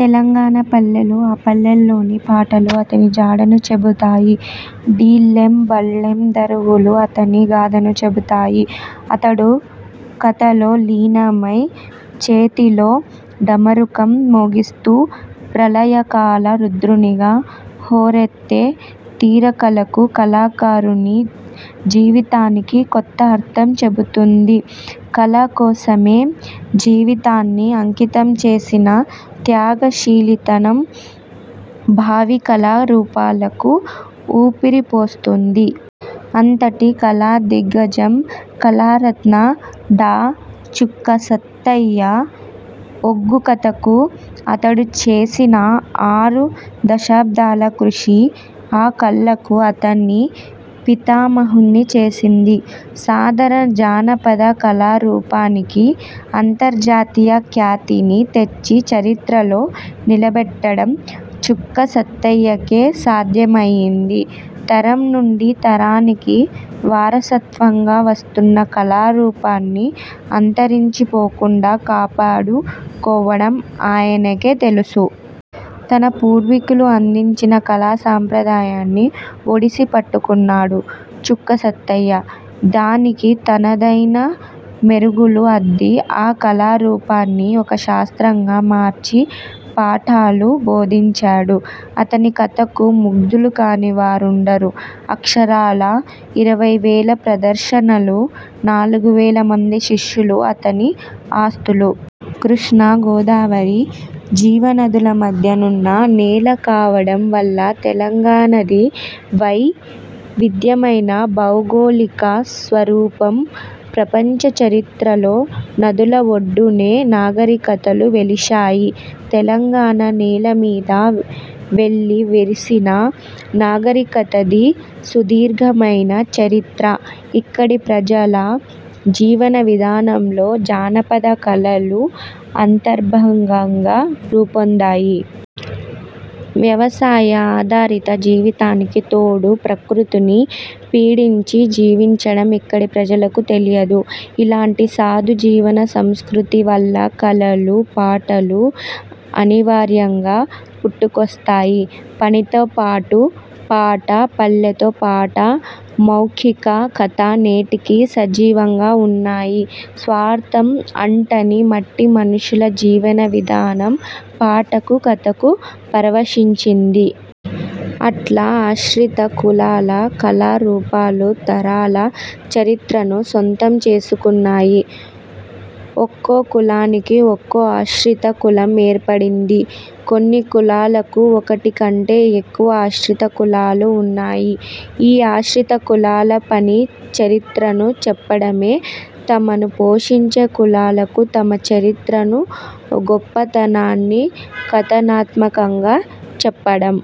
తెలంగాణ పల్లెలు, ఆ పల్లెల్లోని పాటలు అతని జాడను చెబుతాయి. డిల్లెం బల్లెం దరువులు అతని గాథను చెబుతాయి. అతడు కథలో లీనమై, చేతిలో డమరుకం మోగిస్తూ, ప్రళయకాల రుద్రునిగా హోరెత్తే తీరు కళకు, కళాకారుని జీవితానికి కొత్త అర్థం చెబుతుంది. కళ కోసమే జీవితాన్ని అంకితం చేసిన త్యాగ శీలితనం భావి కళా రూపాలకు ఊపిరిపోస్తుంది. అంతటి కళా దిగ్గజం కళారత్న డా. చుక్క సత్తయ్య ఒగ్గు కథకు అతడు చేసిన ఆరు దశాబ్దాల కృషి, ఆ కళకు అతణ్ణి పితామహున్ని చేసింది. సాధారణ జానపద కళా రూపానికి అంతర్జాతీయ ఖ్యాతిని తెచ్చి, చరిత్రలో నిలబెట్టడం చుక్క సత్తయ్యకే సాధ్యమయ్యింది. తరం నుండి తరానికి వారసత్వంగా వస్తున్న కళా రూపాన్ని, అంతరించి పోకుండా కాపాడు కోవడం ఆయనకే తెలుసు. తన పూర్వీకులు అందించిన కళా సంప్రదాయాన్ని ఒడిసి పట్టుకున్నాడు చుక్క సత్తయ్య. దానికి తనదైన మెరుగులు అద్ది ఆ కళా రూపాన్ని ఒక శాస్త్రంగా మార్చి పాఠాలు బోధించాడు. అతని కథకు ముగ్ధులు కాని వారుండరు. అక్షరాలా ఇరవై వేల ప్రదర్శనలు, నాలుగు వేల మంది శిష్యులు అతని ఆస్తులు. కృష్ణా, గోదావరి జీవ నదుల మధ్య నున్న నేల కావడం వల్ల తెలంగాణది వై విధ్యమైన భౌగోళిక స్వరూపం. ప్రపంచ చరిత్రలో నదుల ఒడ్డున్నే నాగరికతలు వెలిశాయి. తెలంగాణ నేల మీద వెల్లి విరిసిన నాగరికతది సుదీర్ఘమైన చరిత్ర. ఇక్కడి ప్రజల జీవన విధానంలో జానపద కళలు అంతర్భాగంగా రూపొందాయి. వ్యవసాయ ఆధారిత జీవితానికి తోడు, ప్రకృతిని పీడించి జీవించడం ఇక్కడి ప్రజలకు తెలియదు. ఇలాంటి సాధు జీవన సంస్కృతి వల్ల కళలు, పాటలు అనివార్యంగా పుట్టుకొస్తాయి. పనితో పాటు పాట, పల్లెతో పాటు మౌఖిక కథ నేటికి సజీవంగా ఉన్నాయి. స్వార్థం అంటని మట్టి మనుషుల జీవన విధానం పాటకు, కథకు పరవశించింది. అట్లా ఆశ్రిత కులాల కళా రూపాలు తరాల చరిత్రను సొంతం చేసుకున్నాయి. ఒక్కో కులానికి ఒక్కో ఆశ్రిత కులం ఏర్పడింది. కొన్ని కులాలకు ఒకటి కంటే ఎక్కువగా ఆశ్రిత కులాలు ఉన్నాయి. ఈ ఆశ్రిత కులాల పని చరిత్రను చెప్పడమే. తమను పోషించే కులాలకు తమ చరిత్రను గొప్పతనాన్ని కథనాత్మకంగా చెప్పడం.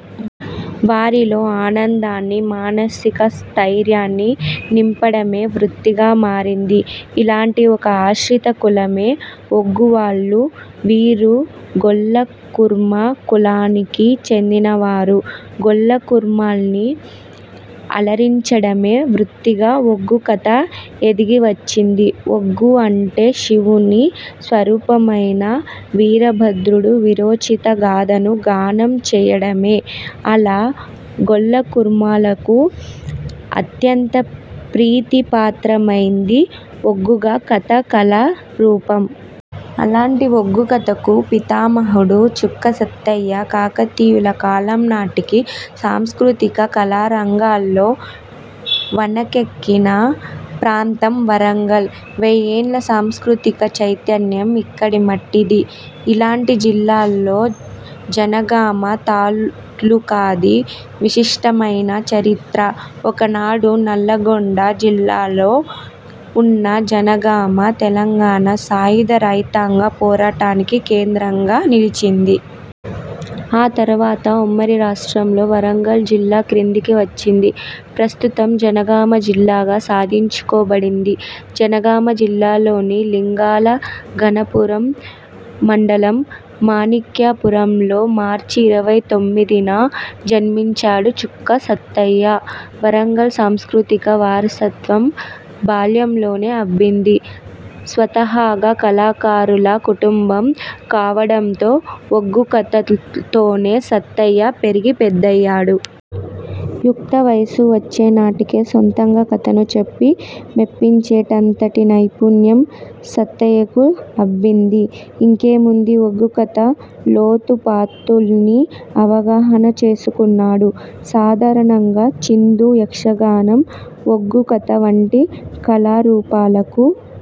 వారిలో ఆనందాన్ని, మానసిక స్థైర్యాన్ని నింపడమే వృత్తిగా మారింది. ఇలాంటి ఒక ఆశ్రిత కులమే ఒగ్గువాళ్లు. వీరు గొల్లకుర్మ కులానికి చెందినవారు. గొల్లకుర్మల్ని అలరించడమే వృత్తిగా ఒగ్గు కథ ఎదిగివచ్చింది. ఒగ్గు అంటే శివుని స్వరూపమైన వీరభద్రుడు వీరోచిత గాథను గానం చేయడమే. అలా గొల్లకుర్మలకు అత్యంత ప్రీతిపాత్రమైంది ఒగ్గు కథా కళా రూపం. అలాంటి ఒగ్గుకథకు పితామహుడు చుక్క సత్తయ్య. కాకతీయుల కాలం నాటికి సాంస్కృతిక కళా రంగాల్లో వన్నెకెక్కిన ప్రాంతం వరంగల్. వెయ్యేండ్ల సాంస్కృతిక చైతన్యం ఇక్కడి మట్టిది. ఇలాంటి జిల్లాలో జనగామ తాలూకాది విశిష్టమైన చరిత్ర. ఒకనాడు నల్లగొండ జిల్లాలో ఉన్న జనగామ తెలంగాణ సాయుధ రైతాంగ పోరాటానికి కేంద్రంగా నిలిచింది. ఆ తరువాత ఉమ్మడి రాష్ట్రంలో వరంగల్ జిల్లా క్రిందికి వచ్చింది. ప్రస్తుతం జనగామ జిల్లాగా సాధించుకోబడింది. జనగామ జిల్లాలోని లింగాల ఘనపురం మండలం, మాణిక్యా పురంలో మార్చి ఇరవై తొమ్మిదిన జన్మించాడు చుక్క సత్తయ్య. వరంగల్ సాంస్కృతిక వారసత్వం బాల్యంలోనే అబ్బింది. స్వతహాగా కళాకారుల కుటుంబం కావడంతో ఒగ్గు కథతోనే సత్తయ్య పెరిగి పెద్దయ్యాడు. యుక్తవయసు వచ్చే నాటికే సొంతంగా కథను చెప్పి మెప్పించేటంతటి నైపుణ్యం సత్తయ్యకు అబ్బింది. ఇంకేముంది ఒగ్గుకథ లోతు పాతుల్ని అవగాహన చేసుకున్నాడు. సాధారణంగా చిందు యక్షగానం, ఒగ్గు కథ వంటి కళారూపాలకు